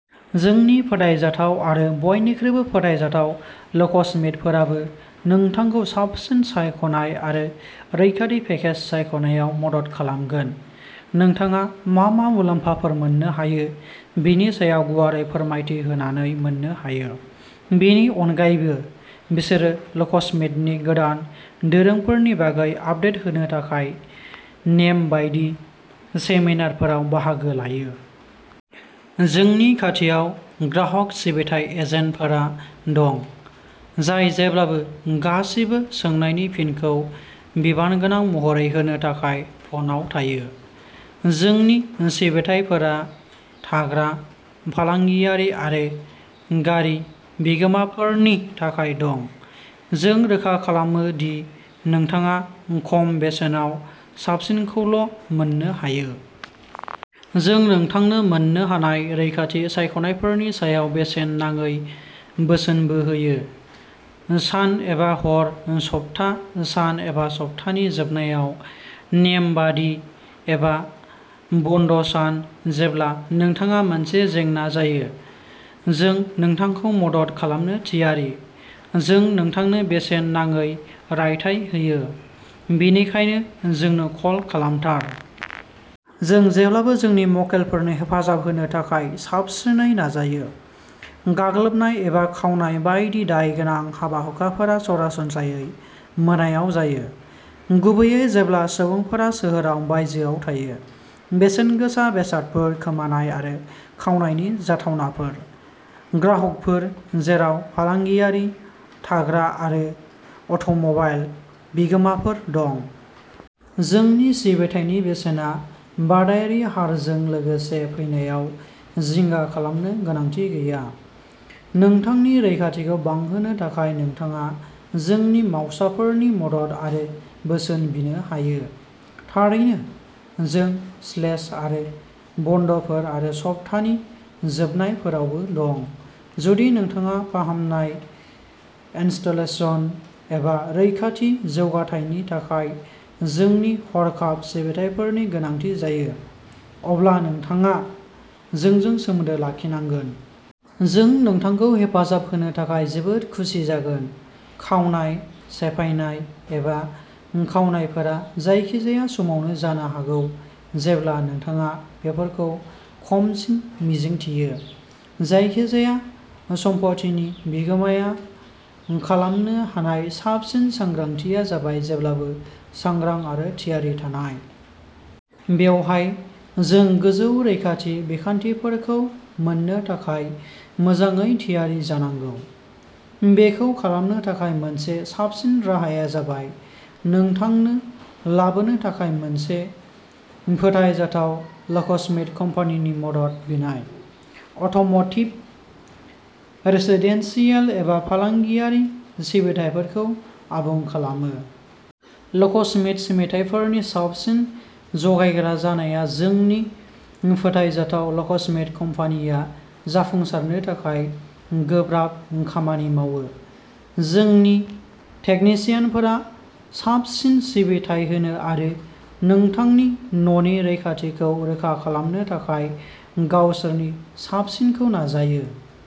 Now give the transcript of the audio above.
जोंनि फोथायजाथाव आरो बयनिख्रुइबो फोथायजाथाव लकस्मिथफोराबो नोंथांखौ साबसिन सायख'नाय आरो रैखाथि पेकेज सायख'नायाव मदद खालामगोन। नोंथाङा मा मा मुलाम्फाफोर मोननो हायो बेनि सायाव गुवारै फोरमायथि होनानै मोननो हायो। बेनि अनगायैबो, बिसोरो लकस्मिथनि गोदान दोरोंफोरनि बागै आपडेट होनो थाखाय नेमबादि सेमिनारफोराव बाहागो लायो। जोंनि खाथियाव ग्राहक सिबिथाइ एजेन्टफोर दं, जाय जेब्लाबो गासिबो सोंनायनि फिनखौ बिबानगोनां महरै होनो थाखाय फनआव थायो। जोंनि सिबिथाइफोरा थाग्रा, फालांगियारि आरो गारि बिगोमाफोरनि थाखाय दं। जों रोखा खालामो दि नोंथाङा खम बेसेनाव साबसिनखौल'मोननो हायो। जों नोंथांनो मोन्नो हानाय रैखाथि सायख'नायफोरनि सायाव बेसेन नाङै बोसोनबो होयो। सान एबा हर, सप्ता सान एबा सप्तानि जोबनायाव, नेमबादि एबा बन्द'सान, जेब्ला नोंथाङा मोनसे जेंना जायो, जों नोंथांखौ मदद खालामनो थियारि। जों नोंथांनो बेसेन नाङै रायथाइ होयो, बेनिखायनो जोंनो कल खालामथार। जों जेब्लाबो जोंनि मक्केलफोरनो हेफाजाब होनो थाखाय साबसिनै नाजायो। गाग्लोबनाय एबा खावनाय बायदि दायगोनां हाबा-हुखाफोरा सरासनस्रायै मोनायाव जायो, गुबैयै जेब्ला सुबुंफोरा सोहोराव बायजोआव थायो। बेसेनगोसा बेसादफोर खोमानाय आरो खावनायनि जाथावनाफोर। ग्राहकफोर, जेराव फालांगियारि, थाग्रा आरो अट'मबाइल बिगोमाफोर दं। जोंनि सिबिथायनि बेसेना बादायारि हारजों लोगोसे फैनायाव जिंगा खालामनो गोनांथि गैया। नोंथांनि रैखाथिखौ बांहोनो थाखाय नोंथाङा जोंनि मावसाफोरनि मदद आरो बोसोन बिनो हायो। थारैनो, जों / आरो बन्द'फोर आरो सप्तानि जोबनायफोरावबो दं। जुदि नोंथाङा फाहामनाय, इनस्टलेशन एबा रैखाथि जौगाथायनि थाखाय जोंनि हरखाब सिबिथाइफोरनि गोनांथि जायो, अब्ला नोंथाङा जोंजों सोमोन्दो लाखिनांगोन। जों नोंथांखौ हेफाजाब होनो थाखाय जोबोद खुसि जागोन। खावनाय, सेफायनाय, एबा खावनायफोरा जायखिजाया समावनो जानो हागौ जेब्ला नोंथाङा बेफोरखौ खमसिन मिजिंथियो, जायखिजाया सम्पथिनि बिगुमाया खालामनो हानाय साबसिन सांग्रांथिया जाबाय जेब्लाबो सांग्रां आरो थियारि थानाय। बेवहाय जों गोजौ रैखाथि बिखान्थिफोरखौ मोननो थाखाय मोजाङै थियारि जानांगौ। बेखौ खालामनो थाखाय मोनसे साबसिन राहाया जाबाय नोंथांनो लाबोनो थाखाय मोनसे फोथायजाथाव लकस्मिथ कम्पानिनि मदद बिनाय। अट'म'टिभ, रेसिदेन्सियेल एबा फालांगियारि सिबिथायफोरखौ आबुं खालामो। लकस्मिथ सिबिथाइफोरनि साबसिन जगायग्रा जानाया जोंनि फोथायजाथाव लकस्मिथ कम्पानिया जाफुंसारनो थाखाय गोब्राब खामानि मावो। जोंनि टेकनिसियानफोरा साबसिन सिबिथाइ होनो आरो नोंथांनि न'नि रैखाथिखौ रोखा खालामनो थाखाय गावसोरनि साबसिनै नाजायो।